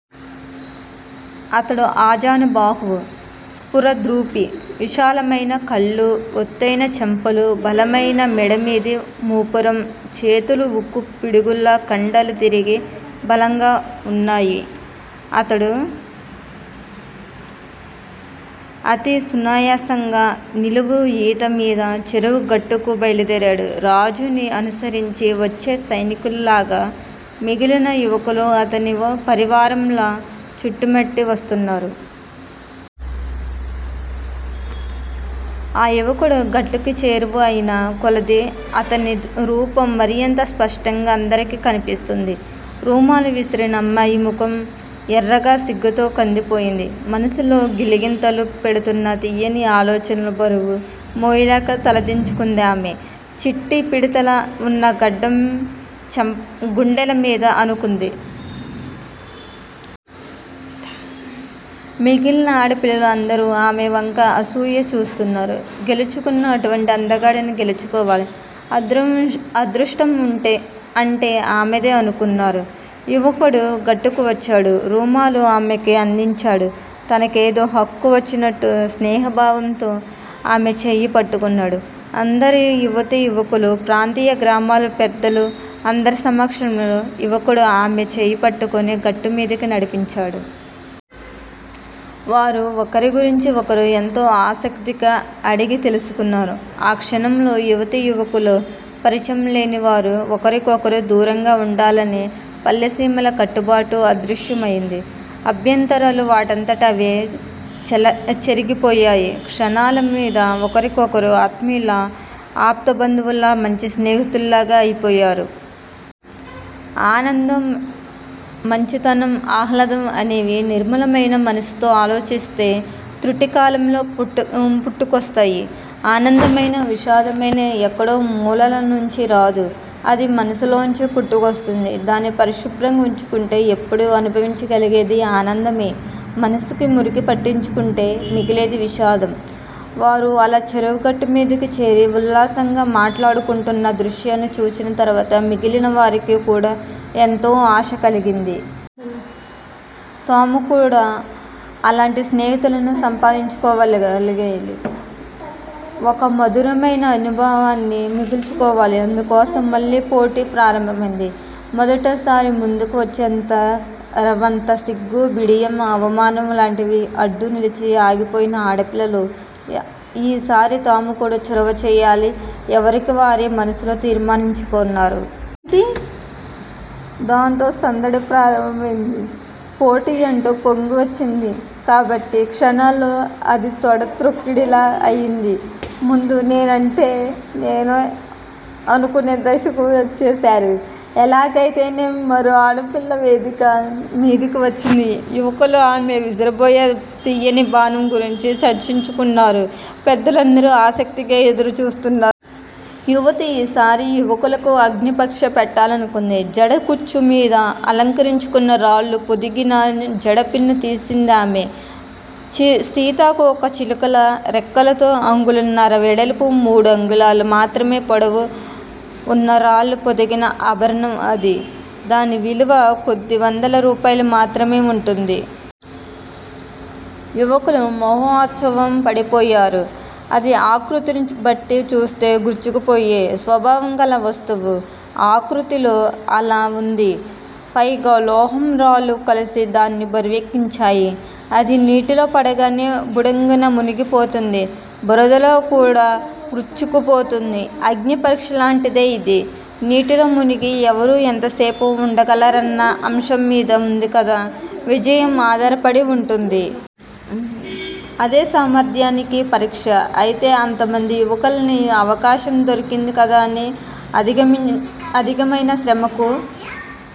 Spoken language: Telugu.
అతడు ఆజానుబాహువు స్ఫురద్రూపి, విశాలమయిన కళ్ళు, ఒత్తయిన చెంపలు, బలమయిన మెడ మీది మూపురం! చేతులు ఉక్కు పిడుగుల్లా కండలు తిరిగి బలంగా వున్నాయి. అతడు అతి సునాయాసంగా నిలువు ఈత మీద చెరువు గట్టుకు బయలుదేరాడు. రాజుని అనుసరించి వచ్చే సైనికుల లాగా మిగిలిన యువకులు అతని పరివారంలా చుట్టుముట్టి వస్తున్నారు. ఆ యువకుడు గట్టుకి చేరువ అయిన కొలదీ అతని రూపం మరింత స్పష్టంగా అందరికీ కన్పిస్తోంది. రుమాలు విసిరిన అమ్మాయి ముఖం ఎర్రగా సిగ్గుతో కందిపోయింది. మనసులో గిలిగింతలు పెడుతున్న తీయని ఆలోచనల బరువు మోయలేక తలదించుకుందామె. చిట్టి పిడతలా వున్న గడ్డం గుండెల మీద ఆనుకుంది. మిగిలిన ఆడపిల్లలు అందరూ ఆమె వంక అసూయగా చూస్తున్నారు. గెలుచుకున్నా అటువంటి అందగాడిని గెలుచుకోవాలి. అదృష్టం అంటే ఆమెదే అనుకున్నారు. యువకుడు గట్టుకు వచ్చాడు. రుమాలు ఆమెకు అందించాడు. తనకేదో హక్కు వచ్చినట్టు స్నేహభావంతో ఆమె చేయి పట్టుకున్నాడు. అందరు యువతీ యువకులు ప్రాంతీయ గ్రామాల పెద్దలు అందరి సమక్షంలో యువకుడు ఆమె చేయి పట్టుకుని గట్టుమీదకి నడిపించాడు. వారు ఒకరి గురించి ఒకరు ఎంతో ఆసక్తిగా అడిగి తెలుసుకున్నారు. ఆ క్షణంలో యువతీ యువకులు పరిచయం లేనివారు ఒకరికొకరు దూరంగా వుండాలనే పల్లెసీమల కట్టుబాటు అదృశ్యమయింది. అభ్యంతరాలు వాటంతట అవే చెరిగిపోయాయి! క్షణాల మీద ఒకరికొకరు ఆత్మీయుల్లా ఆప్త బంధువుల్లా మంచి స్నేహితుల్లాగా అయిపోయారు. ఆనందం, మంచితనం, ఆహ్లాదం అనేవి నిర్మలమయిన మనసుతో ఆలోచిస్తే తృటికాలంలో పుట్టుకొస్తాయి. ఆనందమయినా, విషాదమయినా ఎక్కడో మూలలనించి రాదు. అది మనసులోంచే పుట్టుకొస్తుంది. దాన్ని పరిశుభ్రంగా వుంచుకుంటే ఎప్పుడూ అనుభవించగలిగేది ఆనందమే! మనసుకి మురికి పట్టించుకుంటే మిగిలేది విషాదం!! వారు అలా చెరువు గట్టు మీదికి చేరి ఉల్లాసంగా మాటలాడుకుంటున్న దృశ్యాన్ని చూచిన తరువాత మిగిలిన వారికి కూడా ఎంతో ఆశ కలిగింది. తాము కూడా అలాంటి స్నేహితులను సంపాదించుకోగలగాలి! ఒక మధురమయిన అనుభవాన్ని మిగుల్చుకోవాలి! అందుకోసం మళ్ళీ పోటీ ప్రారంభమయింది! మొదటిసారి ముందుకు వచ్చేందుకు రవంత సిగ్గు, బిడియం, అవమానం లాంటివి అడ్డు నిలిచి ఆగిపోయిన ఆడపిల్లలు ఈసారి తాము కూడా చొరవ చేయాలని ఎవరికివారే మనసులో తీర్మానించుకున్నారు. దాంతో సందడి ప్రారంభమయింది. పోటీ అంటూ పొంగి వచ్చింది కాబట్టి క్షణాల్లో అది తొడ త్రొక్కిడిలా అయింది. ముందు నేనంటే నేను అనుకునే దశకు వచ్చేశారు. ఎలాగయితేనేం మరో ఆడపిల్ల వేదిక మీదికి వచ్చింది. యువకులు ఆమె విసరబోయే తీయని బాణం గురించి చర్చించుకుంటున్నారు. పెద్దలందరూ ఆసక్తిగా ఎదురు చూస్తున్నారు. యువతి ఈసారి యువకులకు అగ్నిపరీక్ష పెట్టాలనుకుంది. జడ కుచ్చు మీద అలంకరించుకున్న రాళ్ళు పొదిగిన జడపిన్ను తీసిందామె. సీతాకోక చిలుకలా రెక్కలతో అంగుళంన్నర వెడల్పు మూడు అంగుళాలు మాత్రమే పొడవు ఉన్న రాళ్ళు పొదిగిన ఆభరణం అది! దాని విలువ కొద్ది వందల రూపాయల మాత్రమే ఉంటుంది. యువకులు మహోత్సాహం పడిపోయారు. అది ఆకృతిని బట్టి చూస్తే గ్రుచ్చుకుపోయే స్వభావం కల వస్తువు. ఆకృతిలో అలా ఉంది. పైగా లోహం రాళ్ళు కలిసి దాన్ని బరువెక్కించాయి. అది నీటిలో పడగానే బుడుంగున మునిగిపోతుంది. బురదలో కూడా గ్రుచ్చుకుపోతుంది. అగ్ని పరీక్షలాంటిదే ఇది! నీటిలో మునిగి ఎవరు ఎంతసేపు ఉండగలరన్న అంశం మీద కదా విజయం ఆధారపడి ఉంటుంది. అదే సామర్ధ్యానికి పరీక్ష. అయితే అంతమంది యువకుల్ని అవకాశం దొరికింది కదా అని అధికమయిన శ్రమకు